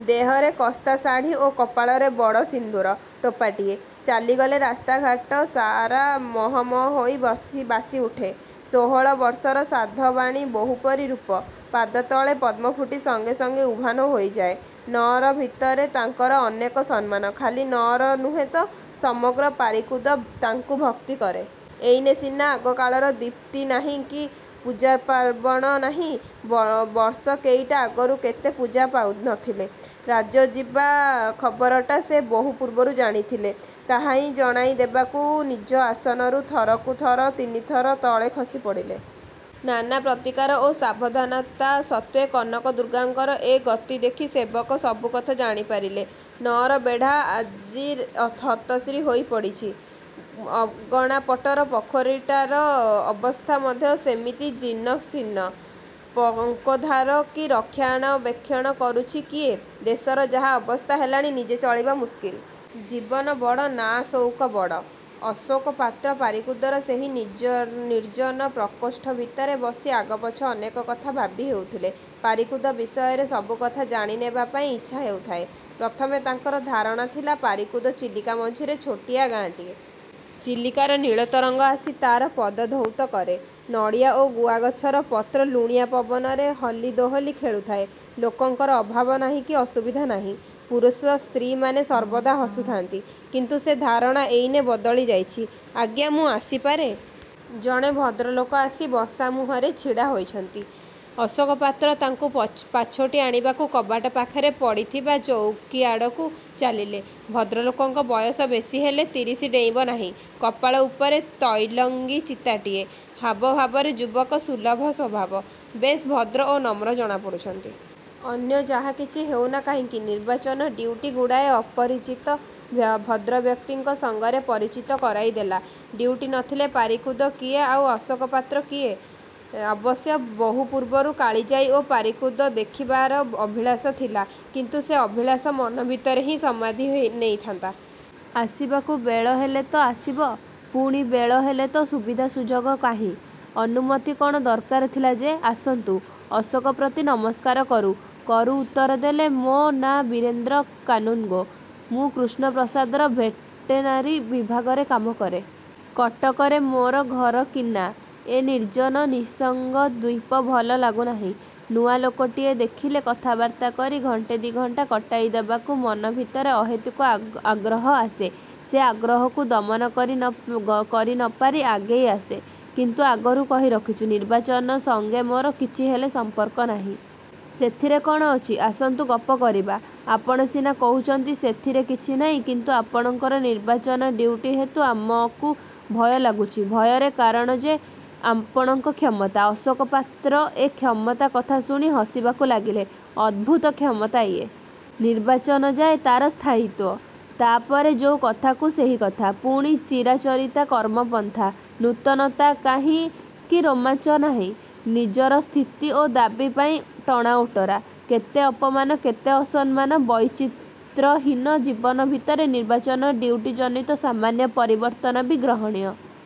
ଦେହରେ କସ୍ତା ଶାଢ଼ି ଓ କପାଳରେ ବଡ଼ ସିନ୍ଦୁର ଟୋପାଟିଏ। ଚାଲିଗଲେ ରାସ୍ତାଘାଟ ସାରା ମହ ମହ ହୋଇ ବାସି ଉଠେ। ଷୋହଳ ବର୍ଷର ସାଧବାଣୀ ବୋହୂପରି ରୂପ। ପାଦ ତଳେ ପଦ୍ମଫୁଟି ସଙ୍ଗେ ସଙ୍ଗେ ଉଭାନ ହୋଇଯାଏ। ନଅର ଭିତରେ ତାଙ୍କର ଅନେକ ସମ୍ମାନ, ଖାଲି ନଅର ନୁହେ ତ, ସମଗ୍ର ପାରିକୁଦ ତାଙ୍କୁ ଭକ୍ତି କରେ। ଏଇନେ ସିନା ଆଗକାଳର ଦୀପ୍ତି ନାହିଁ କି ପୂଜାପାର୍ବଣ ନାହିଁ, ବର୍ଷ କେଇଟା ଆଗରୁ କେତେ ପୂଜା ପାଉ ନଥିଲେ! ରାଜ୍ୟ ଯିବା ଖବରଟା ସେ ବହୁ ପୂର୍ବରୁ ଜାଣିଥିଲେ। ତାହାହିଁ ଜଣାଇ ଦେବାକୁ ନିଜ ଆସନରୁ ଥରକୁ ଥର ତିନିଥର ତଳେ ଖସି ପଡ଼ିଲେ। ନାନା ପ୍ରତିକାର ଓ ସାବଧାନତା ସତ୍ତ୍ୱେ କନକ ଦୁର୍ଗାଙ୍କର ଏ ଗତି ଦେଖି ସେବକ ସବୁକଥା ଜାଣି ପାରିଥିଲେ। ନଅରବେଢ଼ା ଆଜି ହତଶ୍ରୀ ହୋଇ ପଡ଼ିଛି। ଅଗଣାପଟର ପୋଖରୀଟାର ଅବସ୍ଥା ମଧ୍ୟ ସେମିତି ଜୀର୍ଣ୍ଣଶୀର୍ଣ୍ଣ। ପଙ୍କୋଦ୍ଧାର କି ରକ୍ଷଣାବେକ୍ଷଣ କରୁଛି କିଏ? ଦେଶର ଯାହା ଅବସ୍ଥା ହେଲାଣି, ନିଜେ ଚଳିବା ମୁଷ୍କିଲ। ଜୀବନ ବଡ଼ ନାଁ ସଉକ ବଡ଼? ଅଶୋକ ପାତ୍ର ପାରିକୁଦର ସେହି ନିର୍ଜନ ପ୍ରକୋଷ୍ଠ ଭିତରେ ବସି ଆଗପଛ ଅନେକ କଥା ଭାବି ହେଉଥିଲେ। ପାରିକୁଦ ବିଷୟରେ ସବୁକଥା ଜାଣିନେବା ପାଇଁ ଇଚ୍ଛା ହେଉଥାଏ। ପ୍ରଥମେ ତାଙ୍କର ଧାରଣା ଥିଲା, ପାରିକୁଦ ଚିଲିକା ମଝିରେ ଛୋଟିଆ ଗାଁଟିଏ। ଚିଲିକାର ନୀଳତରଙ୍ଗ ଆସି ତାର ପଦଧୌତ କରେ। ନଡ଼ିଆ ଓ ଗୁଆଗଛର ପତ୍ର ଲୁଣିଆ ପବନରେ ହଲି ଦୋହଲି ଖେଳୁଥାଏ। ଲୋକଙ୍କର ଅଭାବ ନାହିଁ କି ଅସୁବିଧା ନାହିଁ। ପୁରୁଷ ସ୍ତ୍ରୀମାନେ ସର୍ବଦା ହସୁଥାନ୍ତି। କିନ୍ତୁ ସେ ଧାରଣା ଏଇନେ ବଦଳି ଯାଇଛି। ଆଜ୍ଞା ମୁଁ ଆସିପାରେଁ? ଜଣେ ଭଦ୍ରଲୋକ ଆସି ବସାମୁହଁରେ ଛିଡ଼ା ହୋଇଛନ୍ତି। ଅଶୋକପାତ୍ର ତାଙ୍କୁ ପାଛୋଟି ଆଣିବାକୁ କବାଟ ପାଖରେ ପଡ଼ିଥିବା ଚୌକିଆଡ଼କୁ ଚାଲିଲେ। ଭଦ୍ରଲୋକଙ୍କ ବୟସ ବେଶୀ ହେଲେ ତିରିଶ ଡେଇଁବ ନାହିଁ। କପାଳ ଉପରେ ତୈଲଙ୍ଗୀ ଚିତାଟିଏ। ହାବଭାବରେ ଯୁବକ ସୁଲଭ ସ୍ୱଭାବ। ବେଶ୍ ଭଦ୍ର ଓ ନମ୍ର ଜଣାପଡ଼ୁଛନ୍ତି। ଅନ୍ୟ ଯାହାକିଛି ହେଉନା କାହିଁକି, ନିର୍ବାଚନ ଡ୍ୟୁଟି ଗୁଡ଼ାଏ ଅପରିଚିତ ଭଦ୍ରବ୍ୟକ୍ତିଙ୍କ ସଙ୍ଗରେ ପରିଚିତ କରାଇ ଦେଲା। ଡ୍ୟୁଟି ନଥିଲେ ପାରିକୁଦ କିଏ ଆଉ ଅଶୋକ ପାତ୍ର କିଏ? ଅବଶ୍ୟ ବହୁପୂର୍ବରୁ କାଳିଯାଈ ଓ ପାରିକୁଦ ଦେଖିବାର ଅଭିଳାସ ଥିଲା। କିନ୍ତୁ ସେ ଅଭିଳାଷ ମନ ଭିତରେ ହିଁ ସମାଧି ନେଇଥାନ୍ତା। ଆସିବାକୁ ବେଳ ହେଲେ ତ ଆସିବ? ପୁଣି ବେଳ ହେଲେ ସୁବିଧା ସୁଯୋଗ କାହିଁ? ଅନୁମତି କଣ ଦରକାର ଥିଲା ଯେ? ଆସନ୍ତୁ! ଅଶୋକ ପ୍ରତି ନମସ୍କାର କରୁ। କରୁ ଉତ୍ତର ଦେଲେ। ମୋ ନାଁ ବୀରେନ୍ଦ୍ର କାନୁନ୍ଗୋ। ମୁଁ କୃଷ୍ଣପ୍ରସାଦର ଭେଟେନାରୀ ବିଭାଗରେ କାମ କରେ। କଟକରେ ମୋର ଘର କିନାଁ, ଏ ନିର୍ଜନ, ନିଃସଙ୍ଗ ଦ୍ୱୀପ ଭଲ ଲାଗୁନାହିଁ। ନୂଆ ଲୋକଟିଏ ଦେଖିଲେ କଥାବାର୍ତ୍ତା କରି ଘଣ୍ଟେ ଦି'ଘଣ୍ଟା କଟାଇ ଦେବାକୁ ମନ ଭିତରେ ଅହେତୁକ ଆଗ୍ରହ ଆସେ। ସେ ଆଗ୍ରହକୁ ଦମନ କରି ନ ପାରି ଆଗେଇ ଆସେଁ। କିନ୍ତୁ ଆଗରୁ କହି ରଖୁଛି; ନିର୍ବାଚନ ସଙ୍ଗେ ମୋର କିଛିହେଲେ ସମ୍ପର୍କ ନାହିଁ। ସେଥିରେ କଣ ଅଛି? ଆସନ୍ତୁ ଗପ କରିବା। ଆପଣ ସିନା କହୁଛନ୍ତି ସେଥିରେ କିଛିନାହିଁ; କିନ୍ତୁ ଆପଣଙ୍କର ନିର୍ବାଚନ ଡ୍ୟୁଟି ହେତୁ ଆମକୁ ଭୟ ଲାଗୁଛି। ଭୟର କାରଣ ଯେ? ଆପଣଙ୍କ କ୍ଷମତା! ଅଶୋକ ପାତ୍ର ଏ 'କ୍ଷମତା' କଥା ଶୁଣି ହସିବାକୁ ଲାଗିଲେ। ଅଦ୍ଭୁତ କ୍ଷମତା ଇଏ! ନିର୍ବାଚନ ଯାଏ ତାର ସ୍ଥାୟିତ୍ୱ। ତା'ପରେ ଯୋଉ କଥାକୁ ସେହି କଥା। ପୁଣି ଚିରାଚରିତ କର୍ମପନ୍ଥା-। ନୂତନତା ନାହିଁ କି ରୋମାଞ୍ଚ ନାହିଁ। ନିଜର ସ୍ଥିତି ଓ ଦାବୀ ପାଇଁ ଟଣାଓଟରା। କେତେ ଅପମାନ, କେତେ ଅସମ୍ମାନ। ବୈଚିତ୍ରହୀନ ଜୀବନ ଭିତରେ ନିର୍ବାଚନ ଡ୍ୟୁଟିଜନିତ ସାମାନ୍ୟ ପରିବର୍ତ୍ତନ ବି ଗ୍ରହଣୀୟ।